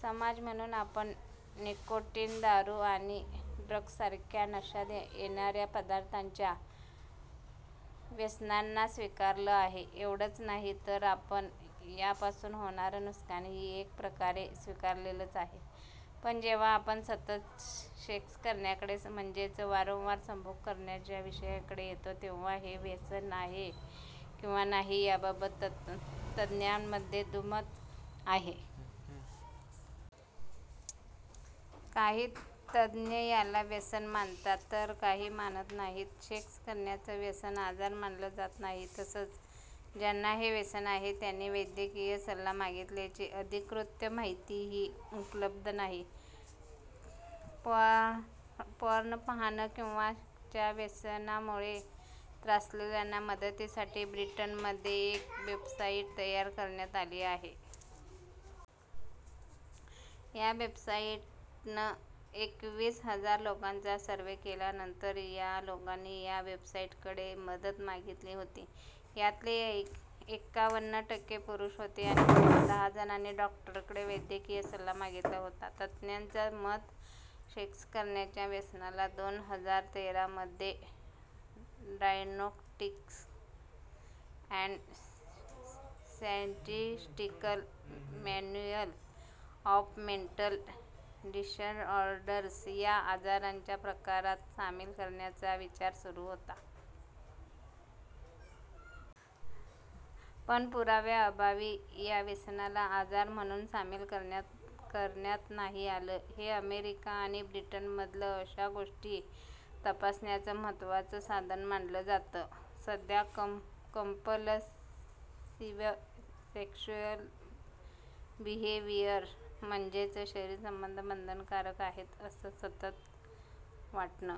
समाज म्हणून आपण निकोटीन, दारू आणि ड्रग्ससारख्या नशा येणाऱ्या पदार्थांच्या व्यसनांना स्वीकारलं आहे. एवढंच नाही, तर आपण यापासून होणारं नुकसानही एक प्रकारे स्वीकारलेलंच आहे. पण जेव्हा आपण सतत सेक्स करण्याकडे म्हणजेच वारंवार संभोग करण्याच्या विषयाकडे येतो, तेव्हा हे व्यसन आहे किंवा नाही याबाबत तज्ज्ञांमध्ये दुमत आहे. काही तज्ज्ञ याला व्यसन मानतात तर काही मानत नाहीत. सेक्स करण्याचं व्यसन आजार मानलं जात नाही. तसंच, ज्यांना हे व्यसन आहे त्यांनी वैद्यकीय सल्ला मागितल्याची अधिकृत माहितीही उपलब्ध नाही. पॉर्न पाहणं किंवा सेक्सच्या व्यसनामुळे त्रासलेल्यांना मदतीसाठी ब्रिटनमध्ये एक वेबसाईट तयार करण्यात आली आहे. या वेबसाईटनं एकवीस हजार लोकांचा सर्वे केला. नंतर या लोकांनी या वेबसाईटकडे मदत मागितली होती. यातले एक्याण्णव टक्के पुरुष होते आणि फक्त दहा जणांनी डॉक्टरांकडे वैद्यकीय सल्ला मागितला होता. तज्ज्ञांचं मत सेक्स करण्याच्या व्यसनाला दोन हजार तेरा मध्ये 'diagnostic and statistical manual of mental disorders' या आजारांच्या प्रकारात सामिल करण्याचा विचार सुरू होता. पण, पुराव्यांअभावी या व्यसनाला आजार म्हणून सामिल करण्यात नाही आलं. हे अमेरिका आणि ब्रिटनमधलं अशा गोष्टी तपासण्याचं महत्त्वाचं साधन मानलं जातं. सध्या 'कंपलसिव्ह सेक्शुअल बिहेविअर' म्हणजेच शरीर संबंध बंधनकारक आहेत असं सतत वाटणं.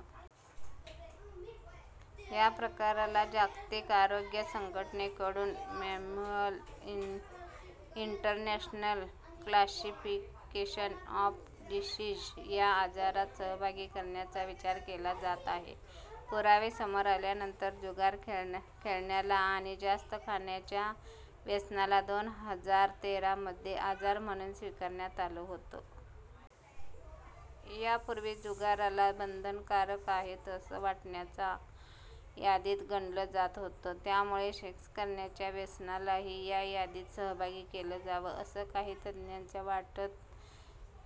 या प्रकाराला जागतिक आरोग्य संघटनेकडून 'manual international classification of diseases ' या आजारात सहभागी करण्याचा विचार केला जात आहे. पुरावे समोर आल्यानंतर जुगार खेळण्याला आणि जास्त खाण्याच्या व्यसनाला दोन हजार तेरा मध्ये आजार म्हणून स्वीकारण्यात आलं होतं. यापूर्वी जुगाराला बंधनकारक आहेत असं वाटण्याच्या यादीत गणलं जात होतं. त्यामुळे सेक्स करण्याच्या व्यसनालाही या यादीत सहभागी केलं जावं असं काही तज्ज्ञांना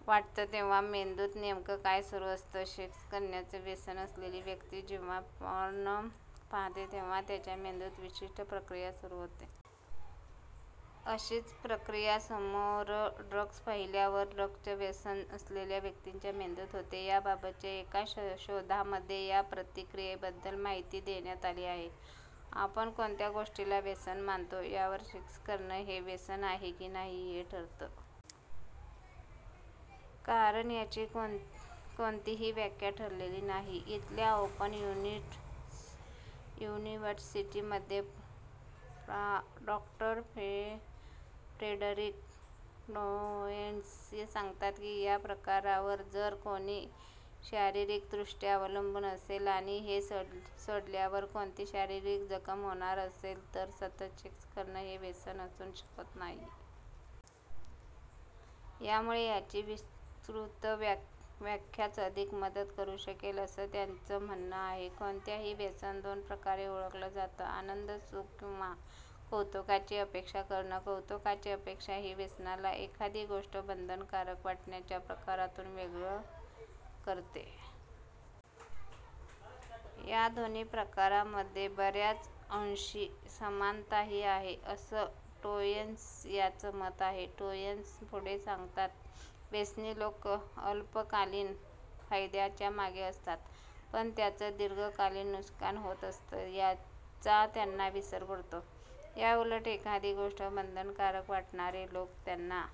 वाटतंतेव्हा मेंदूत नेमकं काय सुरू असतं? सेक्स करण्याचं व्यसन असलेली व्यक्ती जेव्हा पॉर्न पाहते तेव्हा त्याच्या मेंदूत विशिष्ट प्रक्रिया सुरू होते. अशीच प्रक्रीया समोर ड्रग्स पाहिल्यावर ड्रग्सचं व्यसन असलेल्या व्यक्तिच्या मेंदूत होते. याबाबतच्या एका शोधामध्ये या प्रक्रीयेबद्दल माहिती देण्यात आली आहे. आपण कोणत्या गोष्टीला व्यसन मानतो यावर सेक्स करणं हे व्यसन आहे की नाही हे ठरतं. कारण, याची कोणतीही व्याख्या ठरलेली नाही. इथल्या ओपन युनिव्हर्सिटीमधले प्रा. डॉ. फ्रेडरिक टोएट्स सांगतात की या प्रकारावर जर कोणी शारीरिकदृष्ट्या अवलंबून असेल आणि हे सोडल्यावर कोणती शारीरिक जखम होणार असेल तर सतत सेक्स करणं हे व्यसन असू शकत नाही. यामुळे याची विस्तृत व्याख्याच अधिक मदत करू शकेल असं त्यांचं म्हणणं आहे. कोणतही व्यसन दोन प्रकारे ओळखलं जातं. आनंद, सुख किंवा कौतुकाची अपेक्षा करणं. कौतुकाची अपेक्षा ही व्यसनाला एखादी गोष्ट बंधनकारक वाटण्याच्या प्रकारांतून वेगळं करते. या दोन्ही प्रकारांमध्ये बऱ्याच अंशी समानताही आहे असं टोएट्स यांचं मत आहे. टोएट्स पुढे सांगतात, व्यसनी लोक अल्पकालिन फायद्याच्यामागे असतात. पण, त्यांचं दिर्घकालिन नुकसान होत असतं याचा त्यांना विसर पडतो. याऊलट एखादी गोष्ट बंधनकारक वाटणारे लोक त्यांना